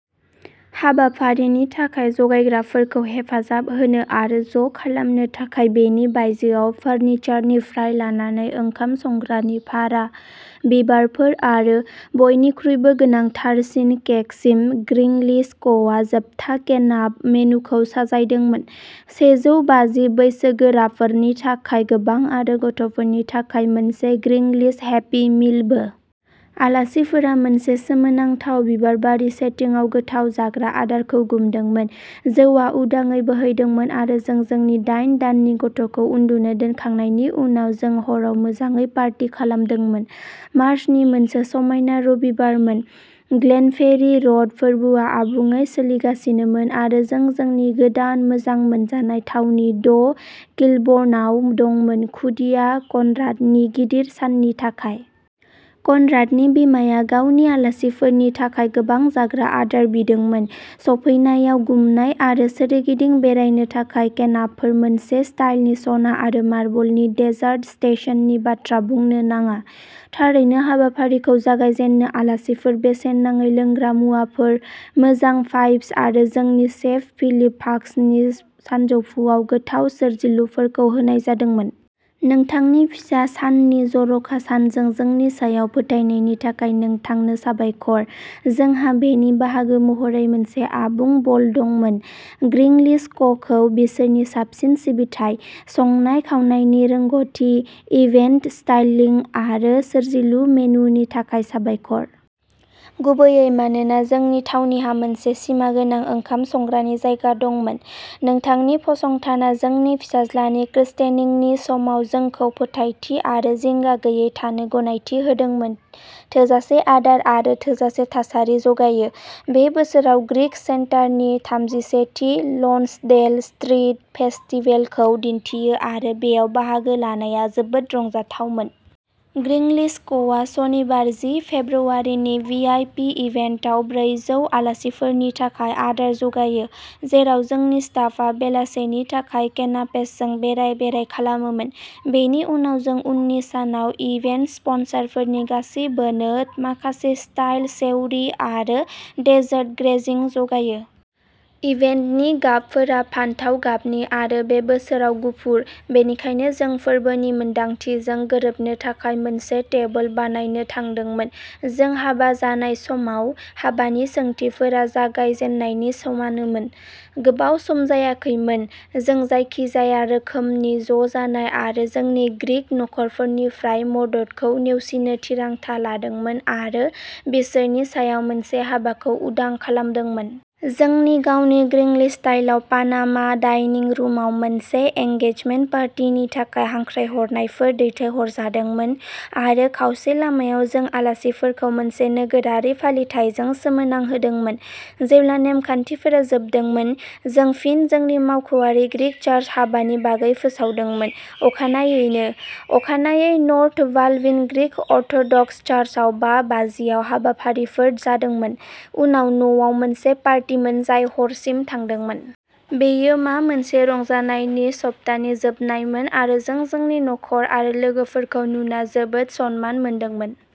हाबाफारिनि थाखाय जगायग्राफोरखौ हेफाजाब होनो आरो ज' खालामनो थाखाय बेनि बायजोआव फार्निचारनिफ्राय लानानै ओंखाम संग्रानि भारा, बिबारफोर आरो बयनिख्रुइबो गोनांथारसिन केकसिम ग्रिंग्लिश क'आ जोबथा केनाप मेनुखौ साजायदोंमोन, सेजौ बाजि बैसोगोराफोरनि थाखाय गोबां आरो गथ'फोरनि थाखाय मोनसे ग्रिंग्लिश हेपि मिलबो। आलासिफोरा मोनसे सोमोनांथाव बिबारबारि सेटिंआव गोथाव जाग्रा आदारखौ गुमदोंमोन, जौआ उदाङै बोहैदोंमोन आरो जों जोंनि दाइन दाननि गथ'खौ उन्दुनो दोनखांनायनि उनाव जों हराव मोजाङै पार्टी खालामदोंमोन। मार्चनि मोनसे समायना रबिबारमोन, ग्लेनफेरि र'ड फोरबोआ आबुङै सोलिगासिनोमोन आरो जों जोंनि गोदान मोजां मोनजानाय थावनि द' किलबर्न'आव दंमोन खुदिया कनराडनि गिदिर साननि थाखाय। कनराडनि बिमाया गावनि आलासिफोरनि थाखाय गोबां जाग्रा आदार बिदोंमोन, सफैनायाव गुमनाय आरो सोरगिदिं बेरायनो थाखाय केनापफोर मोनसे स्टाइलनि सना आरो मार्बलनि डेजार्ट स्टेशननि बाथ्रा बुंनो नाङा, थारैनो हाबाफारिखौ जागाय जेननो आलासिफोर बेसेन नाङै लोंग्रा मुवाफोर, मोजां भाइबस आरो जोंनि सेफ फिलिप भाकसनि सानजौफुआव गोथाव सोरजिलुफोरखौ होनाय जादोंमोन। नोंथांनि फिसा साननि जर'खा सानजों जोंनि सायाव फोथायनायनि थाखाय नोंथांनो साबायखर, जोंहा बेनि बाहागो महरै मोनसे आबुं बल दंमोन। 'ग्रिंलिश क'खौ बिसोरनि साबसिन सिबिथाइ, संनाय-खावनायनि रोंग'थि, इभेन्ट स्टाइलिंग आरो सोरजिलु मेनुनि थाखाय साबायखर। गुबैयै मानोना जोंनि थावनिहा मोनसे सिमागोनां ओंखाम संग्रानि जायगा दंमोन। नोंथांनि फसंथाना जोंनि फिसाज्लानि क्रिस्टेनिंनि समाव जोंखौ फोथायथि आरो जिंगा गैयै थानो गनायथि होदोंमोन थोजासे आदार आरो थोजासे थासारि जगायो। बे बोसोराव ग्रीक सेन्टारनि थामजिसेथि लन्सडेल स्ट्रीट फेस्टिवलखौ दिन्थियो आरो बेयाव बाहागो लानाया जोबोद रंजाथावमोन। ग्रिंलिश क'आ सनिबार जि फेब्रुआरिनि 'वीआईपी इभेन्ट'आव ब्रैजौ आलासिफोरनि थाखाय आदार जगायो, जेराव जोंनि स्टाफआ बेलासेनि थाखाय केनापेसजों बेराय-बेराय खालामोमोन। बेनि उनाव जों उननि सानाव इभेन्ट स्पन्सरफोरनि गासिबोनो माखासे स्टाइल सेवरी आरो डेजार्ट ग्रेजिं जगायो। इभेन्टनि गाबफोरा फान्थाव गाबनि आरो बे बोसोराव गुफुर, बेनिखायनो जों फोरबोनि मोनदांथिजों गोरोबनो थाखाय मोनसे टेबोल बानायनो थांदोंमोन। जों हाबा जानाय समाव, हाबानि सोंथिफोरा जागाय जेननायनि समानोमोन। गोबाव सम जायाखैमोन, जों जायखिजाया रोखोमनि ज' जानाय आरो जोंनि ग्रीक नखरफोरनिफ्राय 'मदद'खौ नेवसिनो थिरांथा लादोंमोन आरो बिसोरनि सायाव मोनसे हाबाखौ उदां खालामदोंमोन। जोंनि गावनि 'ग्रिंग्लिश'स्टाइलआव पानामा डाइनिं रुमआव मोनसे एंगेजमेन्ट पार्टिनि थाखाय हांख्रायहरनायफोर दैथायहरजादोंमोन आरो खावसे लामायाव जों आलासिफोरखौ मोनसे नोगोरारि फालिथायजों सोमोनांहोदोंमोन। जेब्ला नेमखान्थिफोरा जोबदोंमोन, जों फिन जोंनि मावख'आरि ग्रीक चार्च हाबानि बागै फोसावदोंमोन, अखानायैनो, अखानायै नर्थ बालविन ग्रीक अर्थ'डक्स चार्चआव बा बाजियाव हाबाफारिफोर जादोंमोन, उनाव न'आव मोनसे पार्टीमोन जाय हरसिम थांदोंमोन। बेयो मा मोनसे रंजानायनि सप्तानि जोबनायमोन आरो जों जोंनि नखर आरो लोगोफोरखौ नुना जोबोद सनमान मोनदोंमोन।